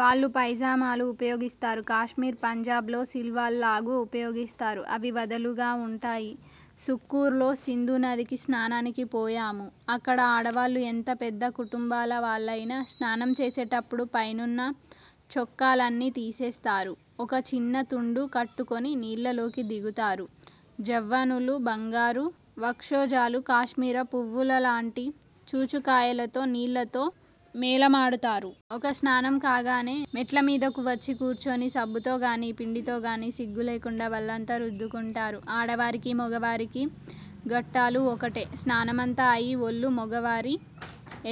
వాళ్ళు పైజామాలు ఉపయోగిస్తారు. కాశ్మీర్ పంజాబులలో సిల్వాల్ లాగు ఉపయోగిస్తారు, అవి వదులుగా వుంటాయి. సుక్కూరులో సింధునదికి స్నానానికి పోయాము. అక్కడ ఆడవాళ్ళు ఎంత పెద్ద కుటుంబాల వాళ్ళయినా స్నానం చేసేటప్పుడు పైనున్న చొక్కాలన్నీ తెసేస్తారు. ఒక చిన్న తుండు కట్టుకొని నీళ్ళలోకి దిగుతారు. జవ్వనుల బంగారు వక్షోజాలు కాశ్మీర పూవులలాంటి చూచుకాయలతో నీళ్ళతో మేలమాడుతాయి. ఒక స్నానం కాగానే మెట్లమీదకు వచ్చి కూర్చొని, సబ్బుతోగాని, పిండితోగాని సిగ్గు లేకుండా ఒళ్ళంతా రుద్దుకుంటారు. ఆడవారికీ, మొగవారికీ ఘట్టాలు ఒక్కటే! స్నానమంతా అయి ఒళ్ళు మొగవారి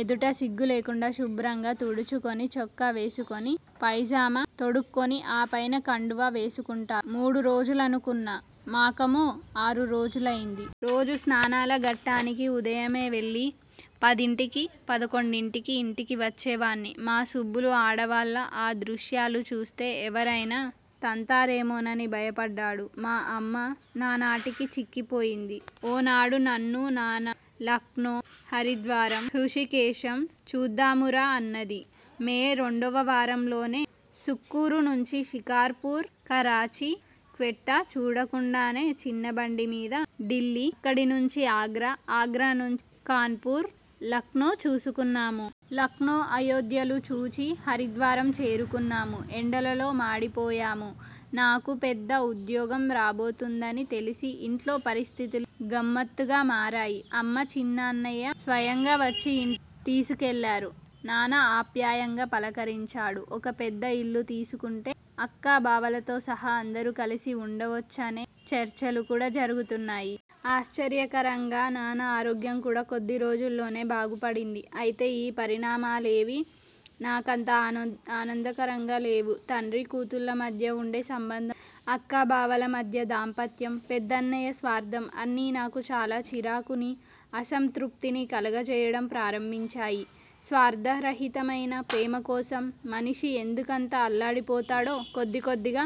ఎదుట సిగ్గు లేకుండా శుభ్రంగా తుడుచుకొని చొక్కా వేసుకొని, పైజమా తొడుక్కొని ఆపైన కండువా వేసుకుంటారు. మూడు రోజులనుకున్న మకాము ఆరు రోజులయింది. రోజూ స్నానాల ఘట్టానికి ఉదయమే వెళ్ళి, పదింటికి, పదకొండింటికి ఇంటికి వచ్చేవాణ్ణి. మా సుబ్బులు ఆడవాళ్ళ ఆ దృశ్యాలు చుస్తే ఎవరైనా తంతారేమోనని భయపడ్డాడు. మా అమ్మ నానాటికి చిక్కిపోతోంది. ఓనాడు నన్ను '' నాన్నా! లక్నో, హరిద్వారం, హృషీకేశం చూద్దామురా? '' అన్నది. మే రెండవ వారంలోనే సుక్కూరు నుంచి షికార్ పూర్, కరాచీ, క్వెట్టా చూడకుండానే చిన్న బండిమీద ఢిల్లీ, అక్కడనుంచి ఆగ్రా, ఆగ్రానుంచి కాన్పూరు, లక్నో చేరుకున్నాము. లక్నో అయోధ్యలు చూచి హరిద్వారం చేరుకున్నాము. ఎండలో మాడిపోయాము. నాకు పెద్ద ఉద్యోగం రాబోతోందని తెలిసి ఇంట్లో పరిస్థితులు గమ్మత్తుగా మారాయి. అమ్మ, చిన్నన్నయ్య స్వయంగా వచ్చి ఇంటికి తీసుకెళ్ళారు. నాన్న ఆప్యాయంగా పలకరించాడు. ఒక పెద్ద ఇల్లు తీసుకుంటే అక్కా బావలతో సహా అందరూ కలసి వుండవచ్చనే చర్చలు కూడా జరుగుతున్నాయి. ఆశ్చర్యకరంగా నాన్న ఆరోగ్యంకూడా కొద్దిరోజుల్లోనే బాగుపడింది. అయితే ఈ పరిణామాలేవీ నా కంత ఆనందకరంగా లేవు. తండ్రీ కూతుళ్ళ మధ్య వుండే సంబంధం, అక్కా బావల మధ్య దాంపత్యం, పెద్దన్నయ్య స్వార్థం- అన్నీ నాకు చాలా చిరాకునీ, అసంతృప్తినీ కలగజేయడం ప్రారంభించాయి. స్వార్థరహితమైన ప్రేమకోసం మనిషి ఎందుకంత అల్లాడిపోతాడో కొద్దికొద్దిగా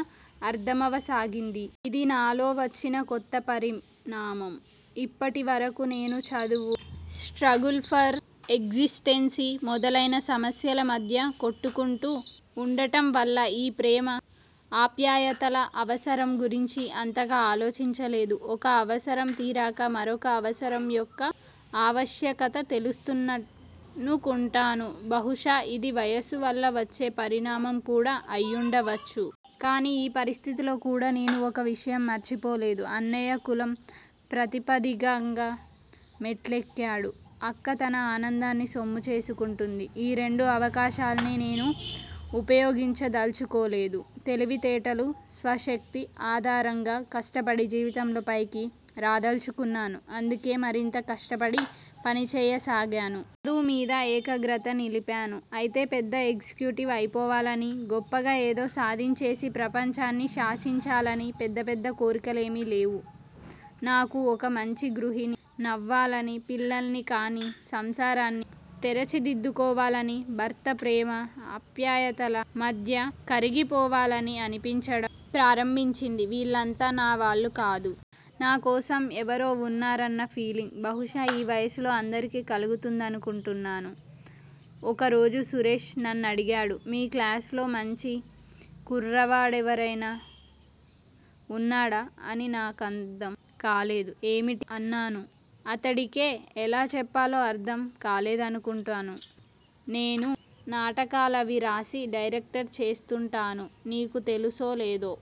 అర్థమవసాగింది. ఇది నాలో వచ్చిన కొత్త పరిణామం. ఇప్పటి వరకూ నేను చదువు, స్ట్రగుల్ ఫర్ ఎగ్జిస్టెన్స్ మొదలైన సమస్యల మధ్య కొట్టుకుంటూ వుండటంవల్ల ఈ ప్రేమ, ఆప్యాయతల అవసరం గురించి అంతగా ఆలోచించలేదు. ఒక అవసరం తీరాక మరొక అవసరం యొక్క ఆవశ్యకత తెలుస్తుందనుకుంటాను. బహుశా ఇది వయసువల్ల వచ్చిన పరిణామం కూడా అయ్యుండచ్చు. కానీ ఈ పరిస్థితిలో కూడా నేను ఒక విషయం మరచిపోలేదు. అన్నయ్య కులం ప్రాతిపదికగా మెట్లెక్కాడు. అక్క తన అందాన్ని సొమ్ము చేసుకుంటోంది. ఈ రెండు అవకాశాల్నీ నేను ఉపయోగించదల్చుకోలేదు. తెలివితేటలు, స్వశక్తి ఆధారంగా కష్టపడి జీవితంలో పైకి రాదల్చుకున్నాను. అందుకే మరింత కష్టపడి పనిచేయసాగాను. చదువుమీద ఏకాగ్రత నిలిపాను. అయితే పెద్ద ఎగ్జిక్యూటివ్ అయిపోవాలనీ, గొప్పగా ఏదో సాధించేసి ప్రపంచాన్ని శాసించాలనీ పెద్ద పెద్ద కోర్కెలేమీ లేవు నాకు. ఒక మంచి గృహిణి నవ్వాలనీ, పిల్లల్ని కని సంసారాన్ని తెరచిదిద్దుకోవాలనీ, భర్త ప్రేమ, ఆప్యాయతల మధ్య కరిగిపోవాలనీ అనిపించడం ప్రారంభించింది. వీళ్ళంతా నా వాళ్ళు కాదు. నా కోసం ఎవరో వున్నారన్న ఫీలింగ్ బహుశా ఈ వయసులో అందరికీ కలుగుతుందనుకుంటాను. ఒక రోజు సురేష్ నన్నడిగాడు- మీ క్లాస్ లో మంచి కుర్రవాడెవరైనా వున్నాడా? అని. నా కర్థం కాలేదు. ఏమిటి? అన్నాను. అతడికే ఎలా చెప్పాలో అర్థం కాలేదనుకుంటాను. నేను నాటకాలవీ రాసి డైరెక్ట్ చేస్తూంటాను. నీకు తెలుసో, లేదో?